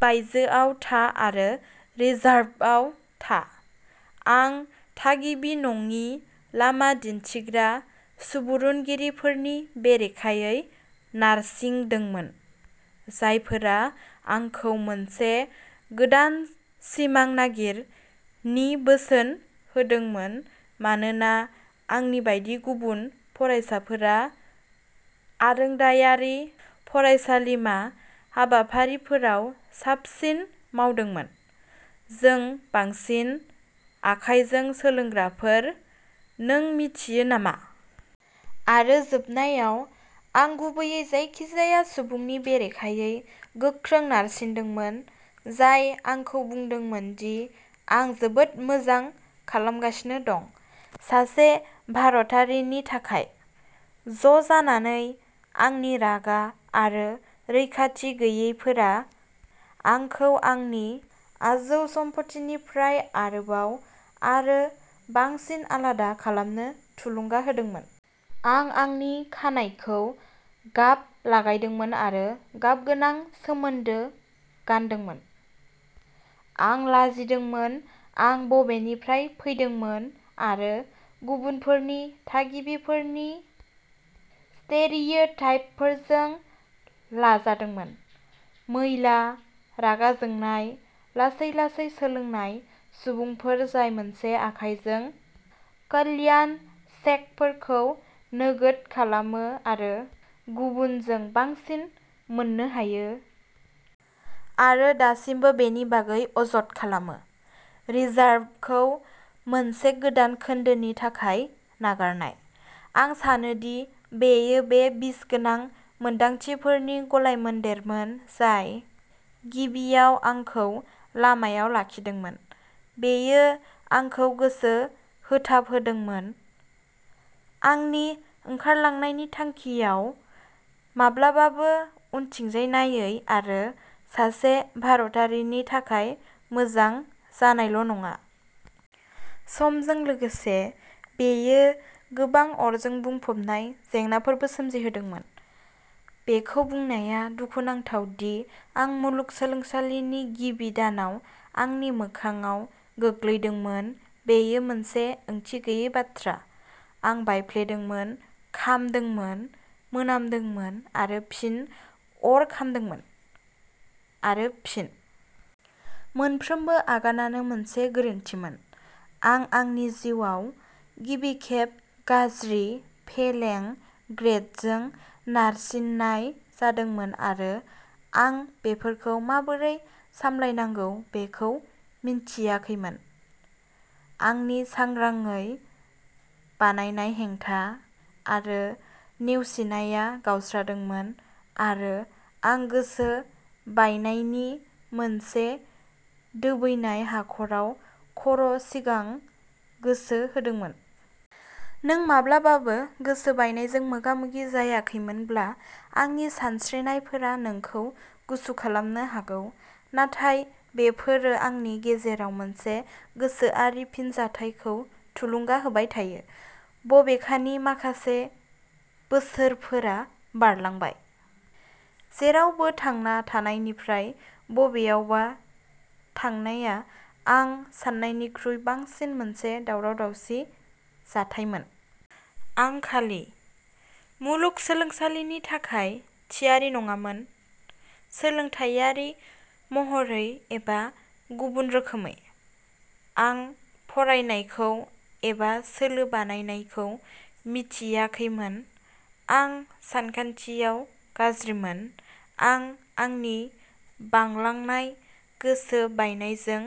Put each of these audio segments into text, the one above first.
बायजोआव था आरो रिजार्भआव था। आं थागिबि-नङि लामा दिन्थिग्रा सुबुरुनगिरिफोरनि बेरेखायै नारसिंदोंमोन, जायफोरा आंखौ "मोनसे गोदान सिमां नागिर" नि बोसोन होदोंमोन, मानोना आंनि बायदि गुबुन फरायसाफोरा आरोंदायारि फरायसालिमा हाबाफारिफोराव साबसिन मावदोंमोन। जों बांसिन, आखायजों सोलोंग्राफोर, नों मिथियो नामा? आरो जोबनायाव, आं गुबैयै जायखिजाया सुबुंनि बेरेखायै गोख्रों नारसिन्दोंमोन, जाय आंखौ बुंदोंमोन दि आं जोबोद मोजां खालामगासिनो दं। सासे भारतारिनि थाखाय। ज'जानानै, आंनि रागा आरो रैखाथि गैयैफोरा आंखौ आंनि आजौसमफथिनिफ्राय आरोबाव आरो बांसिन आलादा खालामनो थुलुंगा होदोंमोन। आं आंनि खानाइखौ गाब लागायदोंमोन आरो गाबगोनां सोमोन्दो गानदोंमोन। आं लाजिदोंमोन आं बबेनिफ्राय फैदोंमोन, आरो गुबुनफोरनि थागिबिफोरनि स्टेरियोटाइपफोरजों लाजादोंमोनः मैला, रागा जोंनाय, लासै-लासै सोलोंनाय सुबुंफोर जाय मोनसे आखाइजों कल्याण चेकफोरखौ नोगोद खालामो आरो गुबुनजों बांसिन मोननो हायो... आरो दासिमबो बेनि बागै अजद खालामो। रिजार्भखौ मोनसे गोदान खोन्दोनि थाखाय नागारनाय। आं सानो दि बेयो बे बिसगोनां मोन्दांथिफोरनि गलायमोनदेरमोन जाय गिबियाव आंखौ लामायाव लाखिदोंमोन। बेयो आंखौ गोसो होथाबहोदोंमोन। आंनि ओंखारलांनायनि थांखिआव, माब्लाबाबो उनथिंजाय नायै, आरो सासे भारतारिनि थाखाय मोजां जानायल'नङा। समजों लोगोसे, बेयो गोबां अरजों बुंफबनाय जेंनाफोरबो सोमजिहोदोंमोन। बेखौ बुंनाया दुखुनांथाव दि आं मुलुगसोलोंसालिनि गिबि दानाव आंनि मोखांआव गोग्लैदोंमोन, बेयो मोनसे ओंथि गैयै बाथ्रा। आं बायफ्लेदोंमोन, खामदोंमोन, मोनामदोंमोन, आरो फिन अर खामदोंमोन। आरो फिन। मोनफ्रोमबो आगानानो मोनसे गोरोन्थिमोन। आं आंनि जिउआव गिबि खेब गाज्रि, फेलिं ग्रेडजों नारसिन्नाय जादोंमोन आरो आं बेफोरखौ माबोरै सामलायनांगौ बेखौ मिन्थियाखैमोन। आंनि सांग्राङै बानायनाय हेंथा आरो नेवसिनाया गावस्रादोंमोन, आरो आं गोसो बायनायनि मोनसे दोबैनाय हाखराव खर'सिगां गोसो होदोंमोन। नों माब्लाबाबो गोसो बायनायजों मोगा-मोगि जायाखैमोनब्ला, आंनि सानस्रिनायफोरा नोंखौ गुसु खालामनो हागौ। नाथाय बेफोरो आंनि गेजेराव मोनसे गोसोआरि फिनजाथायखौ थुलुंगा होबाय थायो, बबेखानि माखासे बोसोरफोरा बारलांबाय। जेरावबो थांना थानायनिफ्राय बबेयावबा थांनाया आं सान्नायनिख्रुइ बांसिन मोनसे दावराव-दावसिनि जाथायमोन। आं खालि। मुलुग सोलोंसालिनि थाखाय थियारि नङामोन; सोलोंथायारि महरै एबा गुबुन रोखोमै। आं फरायनायखौ एबा सोलो बानायनायखौ मिथियाखैमोन, आं सानखान्थियाव गाज्रिमोन, आं आंनि बांलांनाय गोसो बायनायजों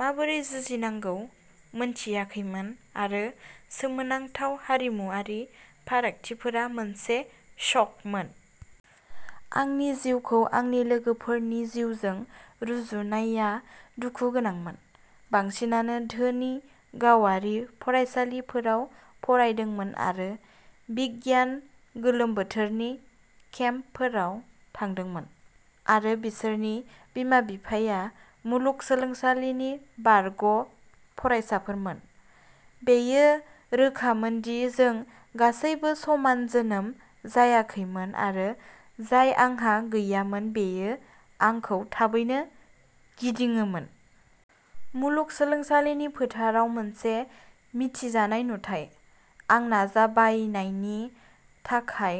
माबोरै जुजिनांगौ मोनथियाखैमोन, आरो सोमोनांथाव हारिमुआरि फारागथिफोरा मोनसे शकमोन। आंनि जिउखौ आंनि लोगोफोरनि जिउजों रुजुननाया दुखु गोनांमोन। बांसिनानो धोनि गावारि फरायसालिफोराव फरायदोंमोन आरो बिगियान गोलोम बोथोरनि केम्पफोराव थांदोंमोन, आरो बिसोरनि बिमा-बिफाया मुलुगसोलोंसालिनि बारग'फरायसाफोरमोन। बेयो रोखामोन दि जों गासैबो समान जोनोम जायाखैमोन, आरो जाय आंहा गैयामोन बेयो आंखौ थाबैनो गिदिङोमोन। मुलुग सोलोंसालिनि फोथाराव मोनसे मिथिजानाय नुथाय। आं नाजाबायनायनि थाखाय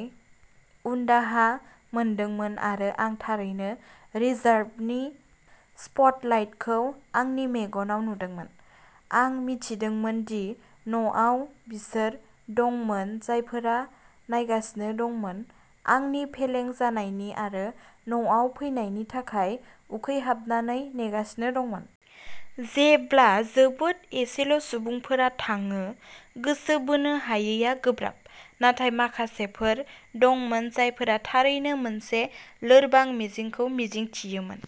उनदाहा मोनदोंमोन, आरो आं थारैनो रिजार्भनि स्पटलाइटखौ आंनि मेगनाव नुदोंमोन। आं मिथिदोंमोन दि न'आव बिसोर दंमोन जायफोरा नायगासिनो दंमोन, आंनि फेलें जानायनि आरो न'आव फैनायनि थाखाय उखैहाबनानै नेगासिनो दंमोन। जेब्ला जोबोद एसेल'सुबुंफोरा थाङो, गोसो बोनो हायैआ गोब्राब। नाथाय माखासेफोर दंमोन जायफोरा थारैनो मोनसे लोरबां मिजिंखौ मिजिंथियोमोन।